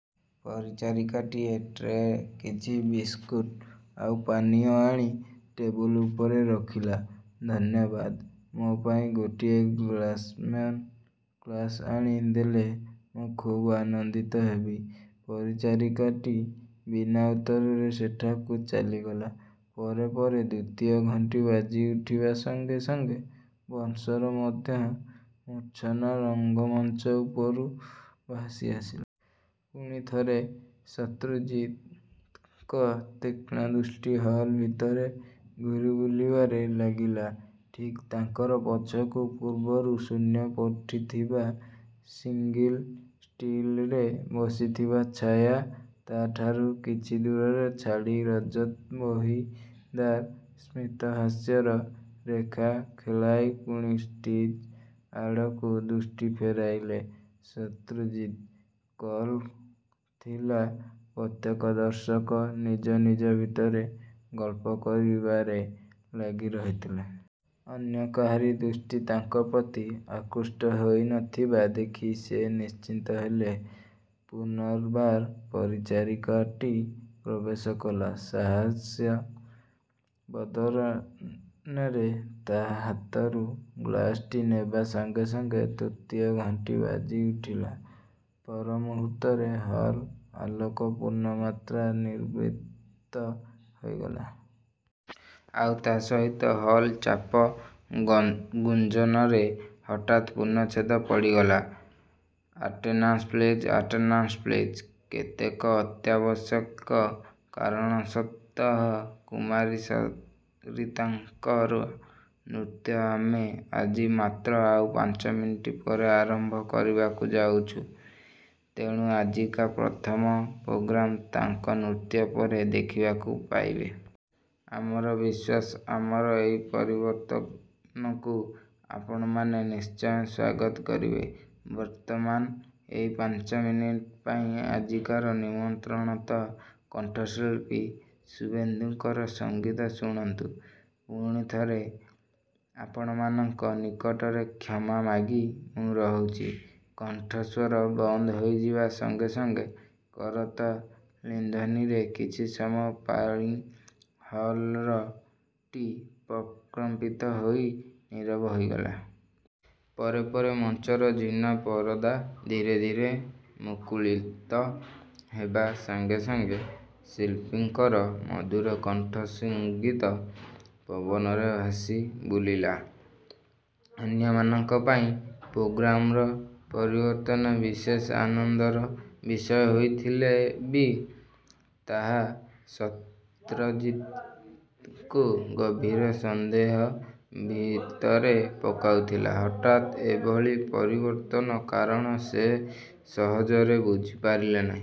ପରିଚାରିକାଟିଏ ଟ୍ରେରେ କିଛି ବିସକୁଟ ଆଉ ପାନୀୟ ଆଣି ଟେବୁଲ ଉପରେ ରଖିଲା। ଧନ୍ୟବାଦ! ମୋ ପାଇଁ ଗୋଟିଏ ଗ୍ଲାସ୍ଲିମନ ସ୍କ୍ୱାସ ଆଣି ଦେଲେ ମୁଁ ଖୁବ୍ ଆନନ୍ଦିତ ହେବି। ପରିଚାରିକାଟି ବିନା ଉତ୍ତରରେ ସେଠାକୁ ଚାଲିଗଲା। ପରେ ପରେ ଦ୍ୱିତୀୟ ଘଣ୍ଟି ବାଜିଉଠିବା ସଙ୍ଗେ ସଙ୍ଗେ ବଂଶୀର ମଧୁର ମୂର୍ଚ୍ଛନା ରଙ୍ଗମଞ୍ଚ ଉପରୁ ଭାସିଆସିଲା। ପୁଣିଥରେ ଶତ୍ରୁଜିତଙ୍କର ତୀକ୍ଷ୍ଣ ଦୃଷ୍ଟି ହଲ୍ ଭିତରେ ଘୁରିବୁଲିବାରେ ଲାଗିଲା। ଠିକ୍ ତାଙ୍କର ପଛକୁ ପୂର୍ବରୁ ଶୂନ୍ୟ ପଡ଼ିଥିବା ସିଙ୍ଗଲ ସିଟରେ ବସିଥିଲା ଛାୟା। ତା'ଠାରୁ କିଛିଦୂର ଛାଡ଼ି ରଜତ ବହିଦାର। ସ୍ମିତହାସ୍ୟର ରେଖା ଖେଳାଇ ପୁଣି ଷ୍ଟେଜ୍ଆଡ଼କୁ ଦୃଷ୍ଟି ଫେରାଇଲେ ଶତ୍ରୁଜିତ୍। କଲ୍ ଥିବା ପ୍ରତ୍ୟେକ ଦର୍ଶକ ନିଜ ନିଜ ଭିତରେ ଗଳ୍ପ କରିବାରେ ଲାଗିରହିଥିଲେ। ଅନ୍ୟ କାହାରି ଦୃଷ୍ଟି ତାଙ୍କ ପ୍ରତି ଆକୃଷ୍ଟ ହୋଇ ନ ଥିବା ଦେଖି ସେ ନିଶ୍ଚିନ୍ତ ହେଲେ। ପୂନର୍ବାର ପରିଚାରିକାଟି ପ୍ରବେଶ କଲା। ସାହାସ୍ୟ ବଦନରେ ତା' ହାତରୁ ଗ୍ଲାସଟି ନେବା ସଙ୍ଗେ ସଙ୍ଗେ ତୃତୀୟ ଘଣ୍ଟି ବାଜିଉଠିଲା। ପରମୁହୂର୍ତ୍ତରେ ହଲ୍ ରୁ ଆଲୋକ ପୂର୍ଣ୍ଣମାତ୍ରାରେ ନିର୍ବାପିତ ହୋଇଗଲା। ଆଉ ତା' ସହିତ ହଲ୍ର ଚାପ ଗୁଞ୍ଜନରେ ହଠାତ୍ ପୂର୍ଣ୍ଣଛେଦ ପଡ଼ିଗଲା। Attention please, attention please! କେତେକ ଅତ୍ୟାବଶ୍ୟକ କାରଣବଶତଃ କୁମାରୀ ସରିତାଙ୍କର ନୃତ୍ୟ ଆମେ ଆଜି ମାତ୍ର ଆଉ ପାଞ୍ଚମିନିଟ୍ ପରେ ଆରମ୍ଭ କରିବାକୁ ଯାଉଛୁଁ। ତେଣୁ ଆଜିକାର ପ୍ରଥମ ପ୍ରୋଗ୍ରାମ ତାଙ୍କ ନୃତ୍ୟ ପରେ ଦେଖିବାକୁ ପାଇବେ। ଆମର ବିଶ୍ୱାସ ଆମର ଏଇ ପରିବର୍ତ୍ତନକୁ ଆପଣମାନେ ନିଶ୍ଚୟ ସ୍ୱାଗତ କରିବେ। ବର୍ତ୍ତମାନ ଏଇ ପାଞ୍ଚମିନିଟ୍ ପାଇଁ ଆଜିକାର ନିମନ୍ତ୍ରିତ କଣ୍ଠଶିଳ୍ପୀ ସୁବୋଧଙ୍କର ସଙ୍ଗୀତ ଶୁଣନ୍ତୁ। ପୁଣି ଥରେ ଆପଣମାନଙ୍କ ନିକଟରେ କ୍ଷମା ମାଗି ମୁଁ ରହୁଛି। କଣ୍ଠସ୍ୱର ବନ୍ଦ ହୋଇଯିବା ସଙ୍ଗେ ସଙ୍ଗେ କରତଲି ଧ୍ୱନିରେ କିଛି ସମୟ ପାଇଁ ହଲଘରଟି ପ୍ରକମ୍ପିତ ହୋଇ ନୀରବ ହୋଇଗଲା। ପରେ ପରେ ମଞ୍ଚର ଝିନ ପରଦା ଧୀରେ ଧୀରେ ମୁକୁଳିତ ହେବା ସଙ୍ଗେ ସଙ୍ଗେ ଶିଳ୍ପୀଙ୍କର ମଧୁର କଣ୍ଠସଙ୍ଗୀତ ପବନରେ ଭାସିବୁଲିଲା। ଅନ୍ୟମାନଙ୍କ ପାଇଁ ପ୍ରୋଗ୍ରାମର ପରିବର୍ତ୍ତନ ବିଶେଷ ଆନନ୍ଦର ବିଷୟ ହୋଇଥିଲେ ବି ତାହା ଶତ୍ରୁଜିତଙ୍କୁ ଗଭୀର ସନ୍ଦେହ ଭିତରେ ପକାଉଥିଲା। ହଠାତ୍ ଏଭଳି ପରିବର୍ତ୍ତନର କାରଣ ସେ ସହଜରେ ବୁଝିପାରିଲେ ନାହିଁ।